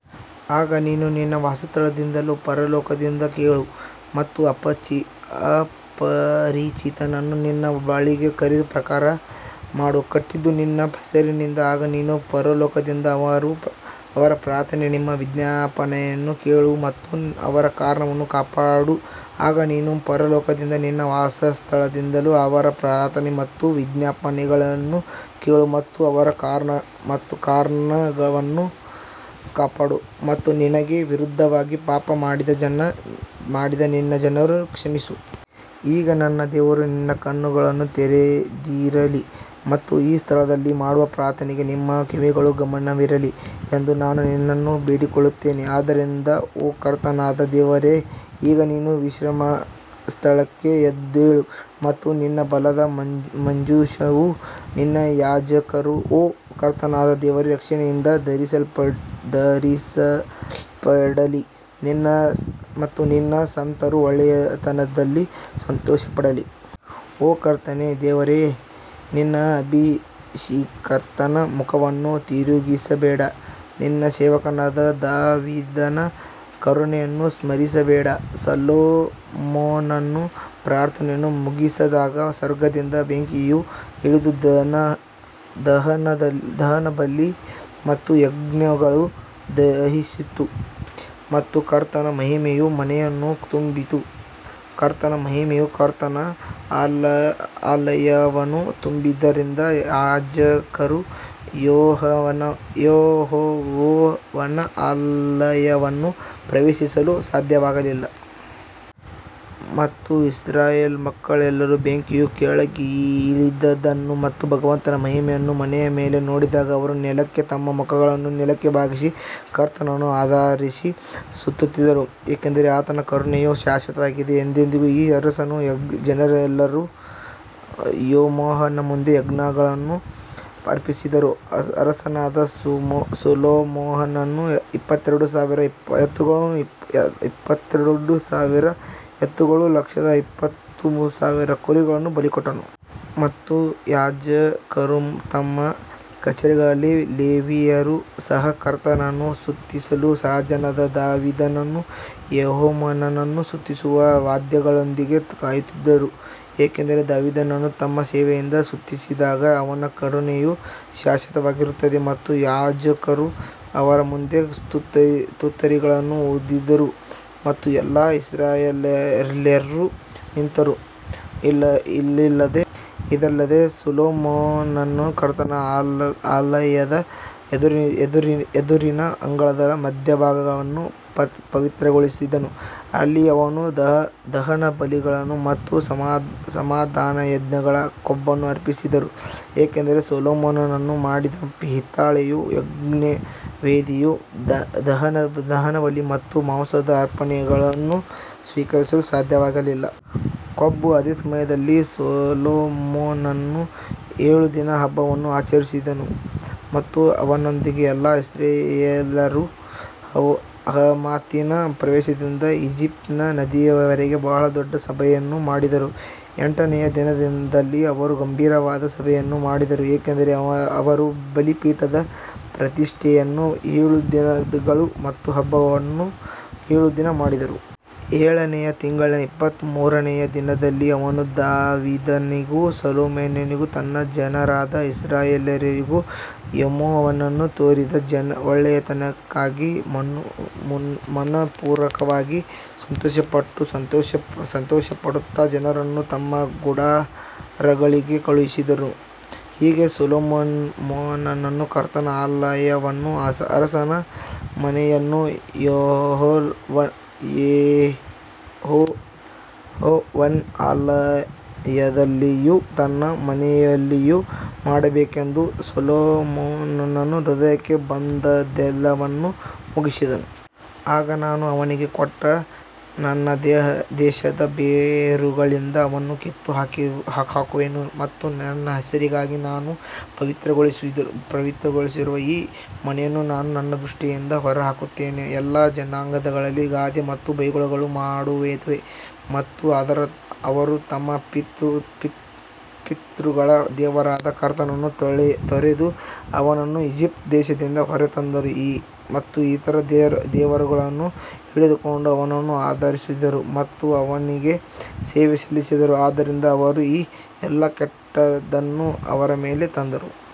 ಆಗ ನೀನು ನಿನ್ನ ವಾಸಸ್ಥಳದಿಂದಲೂ ಪರಲೋಕದಿಂದ ಕೇಳು ಮತ್ತು ಅಪರಿಚಿತನು ನಿನ್ನ ಬಳಿಗೆ ಕರೆದ ಪ್ರಕಾರ ಮಾಡು ಕಟ್ಟಿದ್ದು ನಿನ್ನ ಹೆಸರಿನಿಂದ ಆಗ ನೀನು ಪರಲೋಕದಿಂದ ಅವರ ಪ್ರಾರ್ಥನೆ ಮತ್ತು ವಿಜ್ಞಾಪನೆಯನ್ನು ಕೇಳು ಮತ್ತು ಅವರ ಕಾರಣವನ್ನು ಕಾಪಾಡು ಆಗ ನೀನು ಪರಲೋಕದಿಂದ ನಿನ್ನ ವಾಸಸ್ಥಳದಿಂದಲೂ ಅವರ ಪ್ರಾರ್ಥನೆ ಮತ್ತು ವಿಜ್ಞಾಪನೆಗಳನ್ನು ಕೇಳು ಮತ್ತು ಅವರ ಕಾರಣವನ್ನು ಕಾಪಾಡು ಮತ್ತು ನಿನಗೆ ವಿರುದ್ಧವಾಗಿ ಪಾಪ ಮಾಡಿದ ನಿನ್ನ ಜನರನ್ನು ಕ್ಷಮಿಸು. ಈಗ ನನ್ನ ದೇವರು ನಿನ್ನ ಕಣ್ಣುಗಳು ತೆರೆದಿರಲಿ ಮತ್ತು ಈ ಸ್ಥಳದಲ್ಲಿ ಮಾಡುವ ಪ್ರಾರ್ಥನೆಗೆ ನಿಮ್ಮ ಕಿವಿಗಳು ಗಮನವಿರಲಿ ಎಂದು ನಾನು ನಿನ್ನನ್ನು ಬೇಡಿಕೊಳ್ಳುತ್ತೇನೆ. ಆದದರಿಂದ ಓ ಕರ್ತನಾದ ದೇವರೇ ಈಗ ನಿನ್ನ ವಿಶ್ರಮಸ್ಥಳಕ್ಕೆ ಎದ್ದೇಳು ಮತ್ತು ನಿನ್ನ ಬಲದ ಮಂಜೂಷವು ನಿನ್ನ ಯಾಜಕರು ಓ ಕರ್ತನಾದ ದೇವರೇ ರಕ್ಷಣೆಯಿಂದ ಧರಿಸಲ್ಪಡಲಿ ಮತ್ತು ನಿನ್ನ ಸಂತರು ಒಳ್ಳೆಯತನದಲ್ಲಿ ಸಂತೋಷಪಡಲಿ. ಓ ಕರ್ತನೇ ದೇವರೇ ನಿನ್ನ ಅಭಿಷಿಕ್ತನ ಮುಖವನ್ನು ತಿರುಗಿಸಬೇಡ ನಿನ್ನ ಸೇವಕನಾದ ದಾವೀದನ ಕರುಣೆಯನ್ನು ಸ್ಮರಿಸಬೇಡ ಸೊಲೊಮೋನನು ಪ್ರಾರ್ಥನೆಯನ್ನು ಮುಗಿಸಿದಾಗ ಸ್ವರ್ಗದಿಂದ ಬೆಂಕಿಯು ಇಳಿದು ದಹನಬಲಿ ಮತ್ತು ಯಜ್ಞಗಳನ್ನು ದಹಿಸಿತು ಮತ್ತು ಕರ್ತನ ಮಹಿಮೆಯು ಮನೆಯನ್ನು ತುಂಬಿತು. ಕರ್ತನ ಮಹಿಮೆಯು ಕರ್ತನ ಆಲಯವನ್ನು ತುಂಬಿದ್ದರಿಂದ ಯಾಜಕರು ಯೆಹೋವನ ಆಲಯವನ್ನು ಪ್ರವೇಶಿಸಲು ಸಾಧ್ಯವಾಗಲಿಲ್ಲ. ಮತ್ತು ಇಸ್ರಾಯೇಲ್ ಮಕ್ಕಳೆಲ್ಲರೂ ಬೆಂಕಿಯು ಕೆಳಗಿಳಿದದನ್ನು ಮತ್ತು ಭಗವಂತನ ಮಹಿಮೆಯನ್ನು ಮನೆಯ ಮೇಲೆ ನೋಡಿದಾಗ ಅವರು ನೆಲಕ್ಕೆ ತಮ್ಮ ಮುಖಗಳನ್ನು ನೆಲಕ್ಕೆ ಬಾಗಿಸಿ, ಕರ್ತನನ್ನು ಆರಾಧಿಸಿ ಸ್ತುತಿಸಿದರು, ಏಕೆಂದರೆ ಆತನ ಕರುಣೆಯು ಶಾಶ್ವತವಾಗಿದೆ. ಎಂದೆಂದಿಗೂ ಆಗ ಅರಸನೂ ಜನರೆಲ್ಲರೂ ಯೆಹೋವನ ಮುಂದೆ ಯಜ್ಞಗಳನ್ನು ಅರ್ಪಿಸಿದರು ಅರಸನಾದ ಸೊಲೊಮೋನನು ಇಪ್ಪತ್ತೆರಡು ಸಾವಿರ ಎತ್ತುಗಳನ್ನೂ ಲಕ್ಷದ ಇಪ್ಪತ್ತು ಸಾವಿರ ಕುರಿಗಳನ್ನೂ ಬಲಿಕೊಟ್ಟನು. ಮತ್ತು ಯಾಜಕರು ತಮ್ಮ ಕಚೇರಿಗಳಲ್ಲಿ ಲೇವಿಯರು ಸಹ ಕರ್ತನನ್ನು ಸ್ತುತಿಸಲು ರಾಜನಾದ ದಾವೀದನು ಯೆಹೋವನನ್ನು ಸ್ತುತಿಸುವ ವಾದ್ಯಗಳೊಂದಿಗೆ ಕಾಯುತ್ತಿದ್ದರು, ಏಕೆಂದರೆ ದಾವೀದನು ತಮ್ಮ ಸೇವೆಯಿಂದ ಸ್ತುತಿಸಿದಾಗ ಅವನ ಕರುಣೆಯು ಶಾಶ್ವತವಾಗಿರುತ್ತದೆ ಮತ್ತು ಯಾಜಕರು ಅವರ ಮುಂದೆ ತುತ್ತೂರಿಗಳನ್ನು ಊದಿದರು ಮತ್ತು ಎಲ್ಲಾ ಇಸ್ರಾಯೇಲ್ಯರು ನಿಂತರು. ಇದಲ್ಲದೆ ಸೊಲೊಮೋನನು ಕರ್ತನ ಆಲಯದ ಎದುರಿನ ಅಂಗಳದ ಮಧ್ಯಭಾಗವನ್ನು ಪವಿತ್ರಗೊಳಿಸಿದನು, ಅಲ್ಲಿ ಅವನು ದಹನಬಲಿಗಳನ್ನು ಮತ್ತು ಸಮಾಧಾನಯಜ್ಞಗಳ ಕೊಬ್ಬನ್ನು ಅರ್ಪಿಸಿದನು ಏಕೆಂದರೆ ಸೊಲೊಮೋನನು ಮಾಡಿದ ಹಿತ್ತಾಳೆಯ ಯಜ್ಞವೇದಿಯು ದಹನಬಲಿ ಮತ್ತು ಮಾಂಸದ ಅರ್ಪಣೆಗಳನ್ನು ಸ್ವೀಕರಿಸಲು ಸಾಧ್ಯವಾಗಲಿಲ್ಲ. ಕೊಬ್ಬು ಅದೇ ಸಮಯದಲ್ಲಿ ಸೊಲೊಮೋನನು ಏಳು ದಿನ ಹಬ್ಬವನ್ನು ಆಚರಿಸಿದನು ಮತ್ತು ಅವನೊಂದಿಗೆ ಎಲ್ಲಾ ಇಸ್ರಾಯೇಲ್ಯರು ಹಮಾತಿನ ಪ್ರವೇಶದಿಂದ ಈಜಿಪ್ಟಿನ ನದಿಯವರೆಗೆ ಬಹಳ ದೊಡ್ಡ ಸಭೆಯನ್ನು ಮಾಡಿದರು. ಎಂಟನೆಯ ದಿನದಲ್ಲಿ ಅವರು ಗಂಭೀರವಾದ ಸಭೆಯನ್ನು ಮಾಡಿದರು ಏಕೆಂದರೆ ಅವರು ಬಲಿಪೀಠದ ಪ್ರತಿಷ್ಠೆಯನ್ನು ಏಳು ದಿನಗಳು ಮತ್ತು ಹಬ್ಬವನ್ನು ಏಳು ದಿನ ಮಾಡಿದರು. ಏಳನೆಯ ತಿಂಗಳಿನ ಇಪ್ಪತ್ತಮೂರನೆಯ ದಿನದಲ್ಲಿ ಅವನು ದಾವೀದನಿಗೂ ಸೊಲೊಮೋನನಿಗೂ ತನ್ನ ಜನರಾದ ಇಸ್ರಾಯೇಲ್ಯರಿಗೂ ಯೆಹೋವನು ತೋರಿದ ಒಳ್ಳೇತನಕ್ಕಾಗಿ ಮನಃಪೂರ್ವಕವಾಗಿ ಸಂತೋಷಪಟ್ಟು ಸಂತೋಷಪಡುತ್ತಾ ಜನರನ್ನು ತಮ್ಮ ಗುಡಾರಗಳಿಗೆ ಕಳುಹಿಸಿದನು. ಹೀಗೆ ಸೊಲೊಮೋನನು ಕರ್ತನ ಆಲಯವನ್ನೂ ಅರಸನ ಮನೆಯನ್ನೂ ಯೆಹೋವನ ಆಲಯದಲ್ಲಿಯೂ ತನ್ನ ಮನೆಯಲ್ಲಿಯೂ ಮಾಡಬೇಕೆಂದು ಸೊಲೊಮೋನನ ಹೃದಯಕ್ಕೆ ಬಂದದ್ದೆಲ್ಲವನ್ನೂ ಮುಗಿಸಿದನು. ಆಗ ನಾನು ಅವರಿಗೆ ಕೊಟ್ಟ ನನ್ನ ದೇಶದ ಬೇರುಗಳಿಂದ ಅವರನ್ನು ಕಿತ್ತುಹಾಕುವೆನು ಮತ್ತು ನನ್ನ ಹೆಸರಿಗಾಗಿ ನಾನು ಪವಿತ್ರಗೊಳಿಸಿರುವ ಈ ಮನೆಯನ್ನು ನಾನು ನನ್ನ ದೃಷ್ಟಿಯಿಂದ ಹೊರಹಾಕುತ್ತೇನೆ ಮತ್ತು ಎಲ್ಲಾ ಜನಾಂಗಗಳಲ್ಲಿ ಗಾದೆ ಮತ್ತು ಬೈಗುಳವನ್ನು ಮಾಡುವೆನು. ಮತ್ತು ಅವರು ತಮ್ಮ ಪಿತೃಗಳ ದೇವರಾದ ಕರ್ತನನ್ನು ತೊರೆದು ಅವರನ್ನು ಈಜಿಪ್ಟ್ ದೇಶದಿಂದ ಹೊರತಂದರು ಮತ್ತು ಇತರ ದೇವರುಗಳನ್ನು ಹಿಡಿದುಕೊಂಡು ಅವರನ್ನು ಆರಾಧಿಸಿದರು ಮತ್ತು ಅವರಿಗೆ ಸೇವೆ ಸಲ್ಲಿಸಿದರು, ಆದ್ದರಿಂದ ಅವರು ಈ ಎಲ್ಲಾ ಕೆಟ್ಟದ್ದನ್ನು ಅವರ ಮೇಲೆ ತಂದರು.